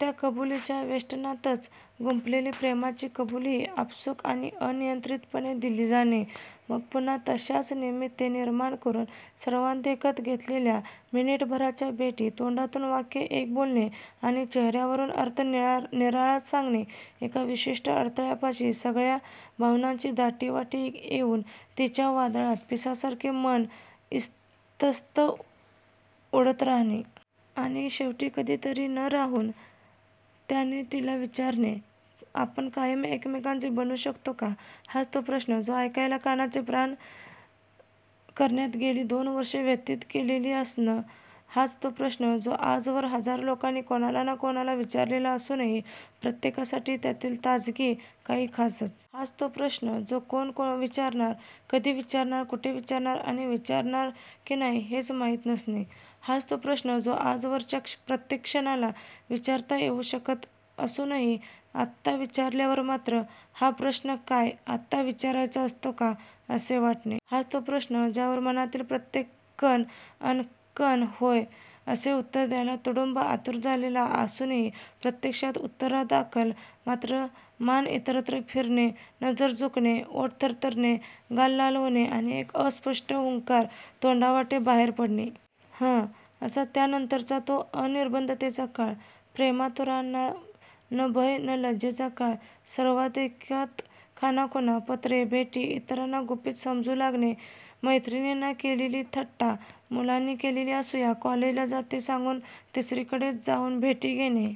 त्या कबूलीच्या वेष्टनातच गुंफलेली प्रेमाची कबूलीही आपसूक आणि अनियंत्रीतपणे दिली जाणे! मग पुन्हा तश्याच निमित्ते निर्माण करून सर्वांदेखत घेतलेल्या मिनिटभराच्या भेटी! तोंडातून वाक्य एक बोलणे आणि चेहर्यावरून अर्थ निराळाच सांगणे! एका विशिष्ट अडथळ्यापाशी सगळ्या भावनांची दाटीवाटी येऊन तिच्या वादळात पिसासारखे मन इतस्ततः उडत राहणे! आणि शेवटी कधीतरी न राहवून त्याने तिला विचारणे! 'आपण कायम एकमेकांचे बनू शकतो का? हाच तो प्रश्न जो ऐकायला कानाचे प्राण करण्यात गेली दोन वर्षे व्यतीत केलेली असणे! हाच तो प्रश्न जो आजवर हजारो लोकांनी कोणाला ना कोणाला विचारलेला असूनही प्रत्येकासाठी त्यातील ताजगी काही खासच! हाच तो प्रश्न जो कोण विचारणार, कधी विचारणार, कुठे विचारणार आणि विचारणार की नाही हेच माहीत नसणे! हाच तो प्रश्न जो आजवरच्या प्रत्येक क्षणाला विचारता येऊ शकत असूनही आत्ता विचारल्यावर मात्र 'हा प्रश्न काय आत्ता विचारायचा असतो का' असे वाटणे! हाच तो प्रश्न, ज्यावर मनातील प्रत्येक कण अन् कण 'होय' असे उत्तर द्यायला तुडुंब आतुर झालेला असूनही प्रत्यक्षात उत्तरादाखल मात्र मान इतरत्र फिरणे, नजर झुकणे, ओठ थरथरणे, गाल लाल होणे आणि एक अस्पष्ट हुंकार तोंडावाटे बाहेर पडणे! 'हं' असा! त्यानंतरचा तो अनिर्बंधतेचा काळ! प्रेमातुराणां न भयं न लज्जेचा काळ! सर्वांदेखत खाणाखुणा! पत्रे! भेटी! इतरांना गुपीत समजू लागणे! मैत्रिणींनी केलेली थट्टा! मुलांनी केलेली असूया! कॉलेजला जाते सांगून तिसरीचकडे जाऊन भेटी घेणे!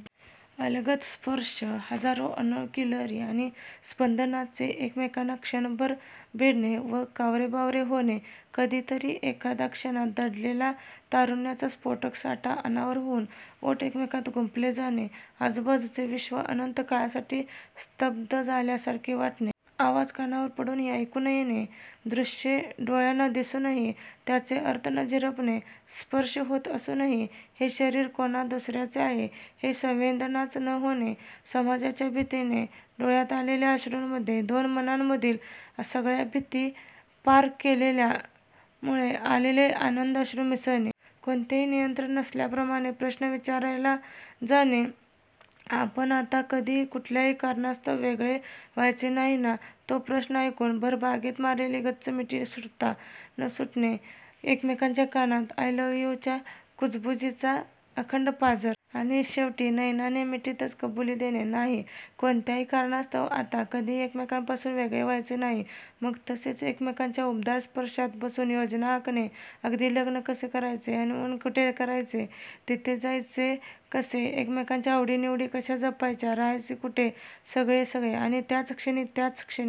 अलगद स्पर्श! हजारो अनोळखी लहरी आणि स्पंदनांचे एकमेकांना क्षणभर भिडणे व कावरेबावरे होणे! कधीतरी एखाद्या क्षणात दडलेला तारुण्याचा स्फोटक साठा अनावर होऊन ओठ एकमेकांत गुंफले जाणे! आजूबाजूचे विश्व अनंत काळासाठी स्तब्ध झाल्यासारखे वाटणे! आवाज कानावर पडूनही ऐकू न येणे! दृष्ये डोळ्यांना दिसूनही त्यांचे अर्थ न झिरपणे! स्पर्श होत असूनही हे शरीर कोणा दुसर्याचे आहे ही संवेदनाच न होणे! समाजाच्या भीतीने डोळ्यांत आलेल्या अश्रूंमध्ये दोन मनांमधील सगळ्या भिंती पार केल्यामुळे आलेले आनंदाश्रू मिसळणे! कोणतेही नियंत्रण नसल्याप्रमाणे प्रश्न विचारला जाणे! 'आपण आता कधीही, कुठल्याही कारणास्तव वेगळे व्हायचे नाही ना? ' तो प्रश्न ऐकून भर बागेत मारलेली गच्च मिठी सुटता न सुटणे! एकमेकांच्या कानात 'आय लव्ह यू'च्या कुजबुजीचा अखंड पाझर! आणि शेवटी नयनाने मिठीतच कबूली देणे! 'नाही, कोणत्याही कारणास्तव आता कधीही एकमेकांपासून वेगळे व्हायचे नाही'! मग तसेच एकमेकांच्या उबदार स्पर्शात बसून योजना आखणे! अगदी लग्न कसे करायचे, हनीमून कुठे करायचा, तिथे जायचे कसे, एकमेकांच्या आवडीनिवडी कश्या जपायच्या, राहायचे कुठे, सगळे सगळे! आणि त्याचक्षणी! त्याचक्षणी